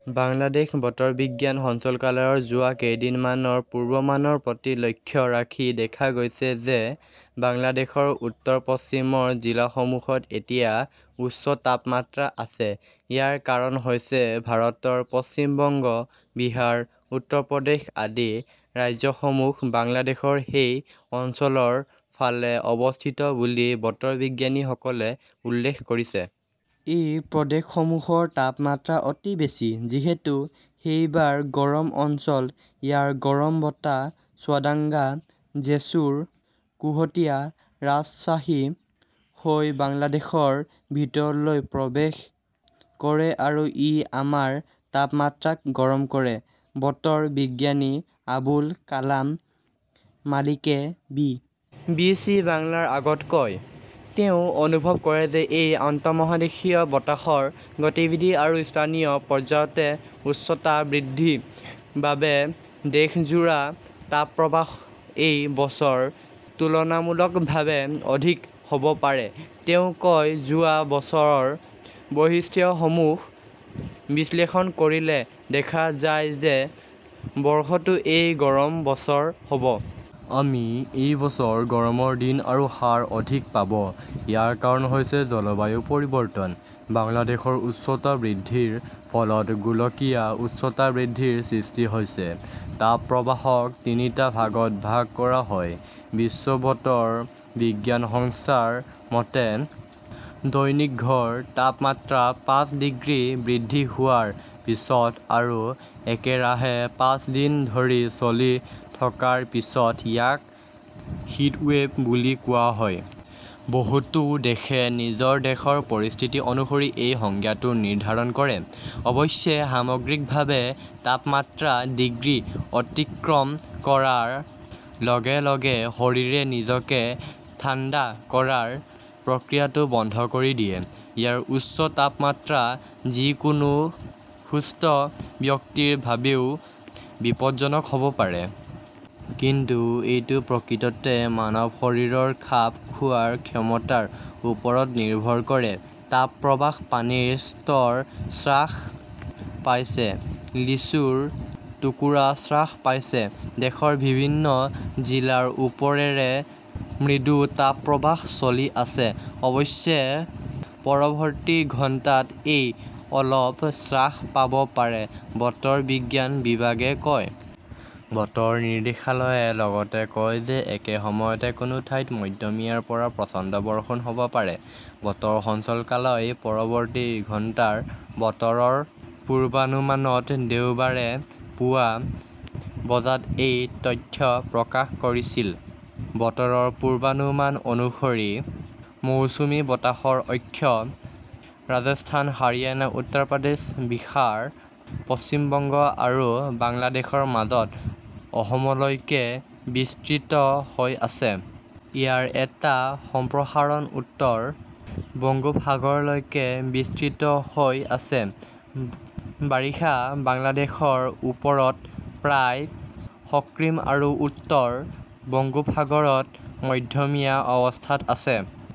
বাংলাদেশ বতৰ বিজ্ঞান সঞ্চালকালয়ৰ যোৱা কেইদিনমানৰ পূৰ্বানুমানৰ প্ৰতি লক্ষ্য ৰাখি দেখা গৈছে যে বাংলাদেশৰ উত্তৰ-পশ্চিমৰ জিলাসমূহত এতিয়া উচ্চ তাপমাত্ৰা আছে। ইয়াৰ কাৰণ হৈছে ভাৰতৰ পশ্চিম বংগ, বিহাৰ, উত্তৰ প্ৰদেশ আদি ৰাজ্যসমূহ বাংলাদেশৰ সেই অঞ্চলৰ ফালে অৱস্থিত বুলি বতৰ বিজ্ঞানীসকলে উল্লেখ কৰিছে। এই প্ৰদেশসমূহৰ তাপমাত্ৰা অতি বেছি। যিহেতু সেইবোৰ গৰম অঞ্চল, ইয়াৰ গৰম বতাহ চুৱাদাংগা, জেছুৰ, কুশটিয়া, ৰাজশ্বাহী হৈ বাংলাদেশৰ ভিতৰলৈ প্ৰৱেশ কৰে আৰু ই আমাৰ তাপমাত্ৰাক গৰম কৰে, বতৰ বিজ্ঞানী আবুল কালাম মালিকে বি. বি. চি. বাংলাৰ আগত কয়। তেওঁ অনুভৱ কৰে যে এই আন্তঃমহাদেশীয় বতাহৰ গতিবিধি আৰু স্থানীয় পৰ্যায়তো উষ্ণতা বৃদ্ধিৰ বাবে দেশজোৰা তাপপ্ৰবাহ এই বছৰ তুলনামূলকভাৱে অধিক হ'ব পাৰে। তেওঁ কয়, যোৱা বছৰৰ বৈশিষ্ট্যসমূহ বিশ্লেষণ কৰিলে দেখা যায় যে বৰ্ষটো এক গৰম বছৰ হ'ব। আমি এই বছৰ গৰমৰ দিন আৰু হাৰ অধিক পাব। ইয়াৰ কাৰণ হৈছে জলবায়ু পৰিৱৰ্তন। বাংলাদেশৰ উষ্ণতা বৃদ্ধিৰ ফলত গোলকীয় উষ্ণতা বৃদ্ধিৰ সৃষ্টি হৈছে। তাপ প্ৰবাহক তিনিটা ভাগত ভাগ কৰা হয়। বিশ্ব বতৰ বিজ্ঞান সংস্থাৰ মতে, দৈনিক গড় তাপমাত্ৰা পাঁচ ডিগ্ৰী বৃদ্ধি হোৱাৰ পিছত আৰু একেৰাহে পাঁচ দিন ধৰি চলি থকাৰ পিছত ইয়াক হিটৱেভ বুলি কোৱা হয়। বহুতো দেশে নিজৰ দেশৰ পৰিস্থিতি অনুসৰি এই সংজ্ঞাটো নিৰ্ধাৰণ কৰে। অৱশ্যে, সামগ্ৰিকভাৱে তাপমাত্ৰা ডিগ্ৰী অতিক্ৰম কৰাৰ লগে লগে শৰীৰে নিজকে ঠাণ্ডা কৰাৰ প্ৰক্ৰিয়াটো বন্ধ কৰি দিয়ে। ইয়াৰ উচ্চ তাপমাত্ৰা যিকোনো সুস্থ ব্যক্তিৰ বাবেও বিপদজনক হ'ব পাৰে। কিন্তু এইটো প্ৰকৃততে মানৱ শৰীৰৰ খাপ খোৱাৰ ক্ষমতাৰ ওপৰত নিৰ্ভৰ কৰে। তাপপ্ৰবাহঃ পানীৰ স্তৰ হ্ৰাস পাইছে, লিচুৰ টুকুৰা হ্ৰাস পাইছে দেশৰ বিভিন্ন জিলাৰ ওপৰেৰে মৃদু তাপপ্ৰবাহ চলি আছে। অৱশ্যে, পৰৱৰ্তী ঘণ্টাত ই অলপ হ্ৰাস পাব পাৰে, বতৰ বিজ্ঞান বিভাগে কয়। বতৰ নিৰ্দেশালয়ে লগতে কয় যে একে সময়তে কোনো ঠাইত মধ্যমীয়াৰ পৰা প্ৰচণ্ড বৰষুণ হ'ব পাৰে। বতৰ সঞ্চালকালয়ই পৰৱৰ্তী ঘণ্টাৰ বতৰৰ পূৰ্বানুমানত দেওবাৰে পুৱা বজাত এই তথ্য প্ৰকাশ কৰিছিল। বতৰৰ পূৰ্বানুমান অনুসৰি, মৌচুমী বতাহৰ অক্ষ ৰাজস্থান, হাৰিয়ানা, উত্তৰ প্ৰদেশ, বিহাৰ, পশ্চিম বংগ আৰু বাংলাদেশৰ মাজত অসমলৈকে বিস্তৃত হৈ আছে। ইয়াৰ এটা সম্প্ৰসাৰণ উত্তৰ বংগোপসাগৰলৈকে বিস্তৃত হৈ আছে। বাৰিষা বাংলাদেশৰ ওপৰত প্ৰায় সক্ৰিয় আৰু উত্তৰ বংগোপসাগৰত মধ্যমীয়া অৱস্থাত আছে।